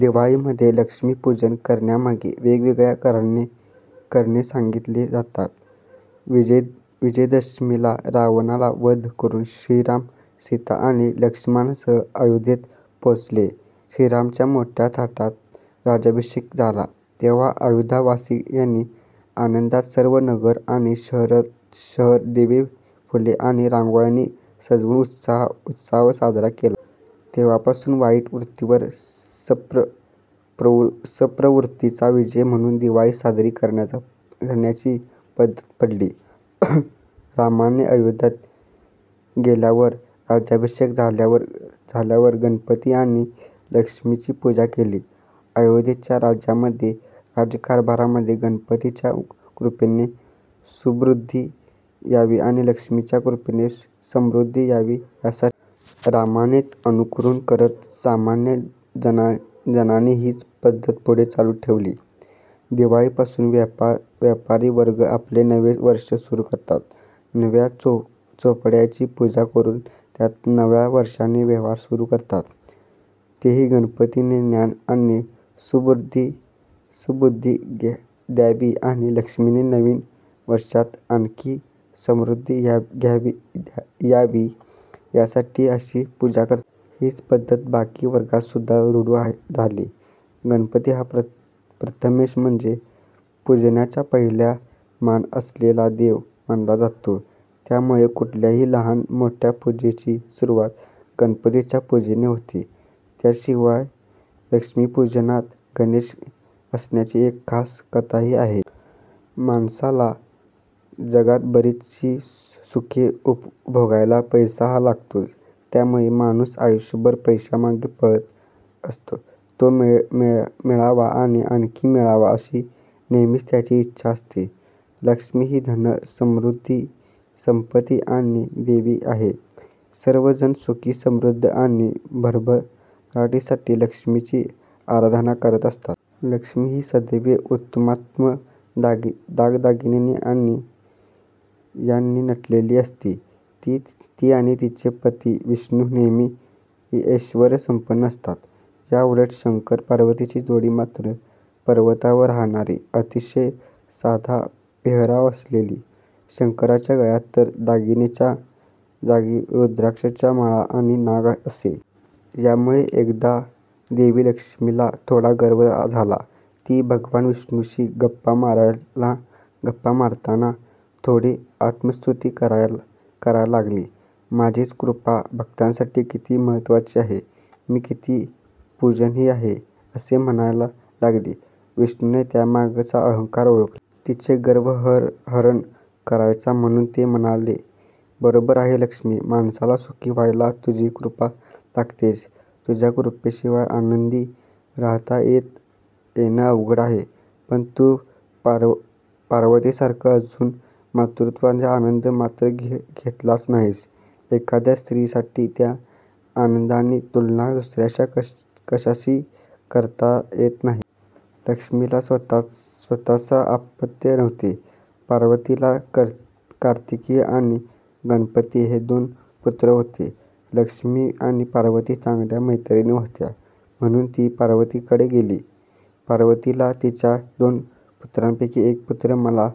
दिवाळीमध्ये लक्ष्मी पूजन करण्यामागे वेगवेगळी करणे सांगितली जातात. विजयादशमीला रावणाचा वध करून श्रीराम, सीता आणि लक्ष्मणासह अयोध्येत पोहोचले. श्रीरामाचा मोठ्या थाटात राज्याभिषेक झाला. तेव्हा अयोध्यावासियांनी आनंदात सर्व नगर आणि शहर दिवे, फुले आणि रांगोळ्यांनी सजवुन उत्सव साजरा केला. तेव्हापासून वाईट वृत्तीवर सत्प्रवृत्तीचा विजय म्हणुन दिवाळी साजरी करण्याची पद्धत पडली. रामाने अयोध्येत गेल्यावर, राज्याभिषेक झाल्यावर गणपती आणि लक्ष्मीची पूजा केली. अयोध्येच्या राज्यामध्ये, राज्यकारभारामध्ये गणपतीच्या कृपेने सुबुद्धी यावी आणि लक्ष्मीच्या कृपेने समृद्धी यावी यासाठी. रामाचेच अनुकरण करत सामान्य जणांनी हीच पद्धत पुढे चालु ठेवली. दिवाळी पासुन व्यापारी वर्ग आपले नवे वर्ष सुरु करतात. नव्या चोपड्यांची पूजा करून त्यात नव्या वर्षाचे व्यवहार सुरु करतात. तेही गणपतीने ज्ञान आणि सुबुद्धी द्यावी आणि लक्ष्मीने नवीन वर्षात आणखी समृद्धी द्यावी यासाठी अशी पूजा करतात. हीच पद्धत बाकी वर्गात सुद्धा रूढ झाली. गणपती हा प्रथमेश म्हणजे पुजण्याचा पहिला मान असलेला देव मानला जातो. त्यामुळे कुठल्याही लहान मोठ्या पूजेची सुरुवात गणपतीच्या पुजेनेच होते. त्याशिवाय लक्ष्मीपूजनात गणेश असण्याची एक खास कथा हि आहे. माणसाला जगात बरीचशी सुखे उपभोगायला पैसा हा लागतोच. त्यामुळे माणुस आयुष्यभर पैशामागे पळत असतो, तो मिळावा आणि आणखी मिळावा अशी नेहमीच त्याची इच्छा असते. लक्ष्मी हि धन, समृद्धी, संपत्ती याची देवी आहे. सर्व जण सुख समृद्धी आणि भरभराटीसाठी लक्ष्मीची आराधना करत असतात. लक्ष्मी ही सदैव उत्तमोत्तम दागदागिने यांनी नटलेली असते. ती आणि तिचे पती विष्णु नेहमी ऐश्वर्य संपन्न असत. याउलट शंकर पार्वतीची जोडी मात्र पर्वतावर राहणारी, अतिशय साधा पेहराव असलेली. शंकराच्या गळ्यात तर दागिन्यांच्या जागी रुद्राक्षाच्या माळा आणि नाग असे. यामुळेच एकदा देवी लक्ष्मीला थोडा गर्व झाला. ती भगवान विष्णूशी गप्पा मारताना थोडी आत्मस्तुती करायला लागली. माझीच कृपा भक्तांसाठी किती महत्वाची आहे, मी किती पूजनीय आहे असे म्हणायला लागली. विष्णुने त्यामागचा अहंकार ओळखला. तिचे गर्वहरण करायला म्हणुन ते म्हणाले बरोबर आहे लक्ष्मी, माणसाला सुखी व्हायला तुझी कृपा लागतेच. तुझ्या कृपेशिवाय आनंदी राहता येणं अवघड आहे. पण तु पार्वतीसारखं अजुन मातृत्वाचा आनंद मात्र घेतलाच नाहीस. एखाद्या स्त्रीसाठी त्या आनंदाची तुलना दुसऱ्या कशाशी करता येणार नाही. लक्ष्मीला स्वतःस अपत्य नव्हते. पार्वतीला कार्तिकेय आणि गणपती हे दोन पुत्र होते. लक्ष्मी आणि पार्वती चांगल्या मैत्रिणी होत्या. म्हणुन ती पार्वतीकडे गेली. पार्वतीला तिच्या दोन पुत्रांपैकी एक पुत्र मला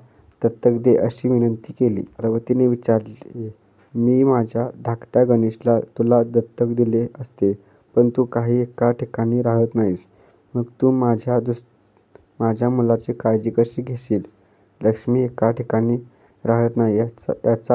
दत्तक दे अशी विनंती केली. पार्वतीने विचारले मी माझ्या धाकट्या गणेशाला तुला दत्तक दिलेही असते. पण तू काही एका ठिकाणी राहत नाहीस. मग तू माझ्या मुलाची काळजी कशी घेशील? लक्ष्मी एका ठिकाणी राहत नाही याचा अर्थ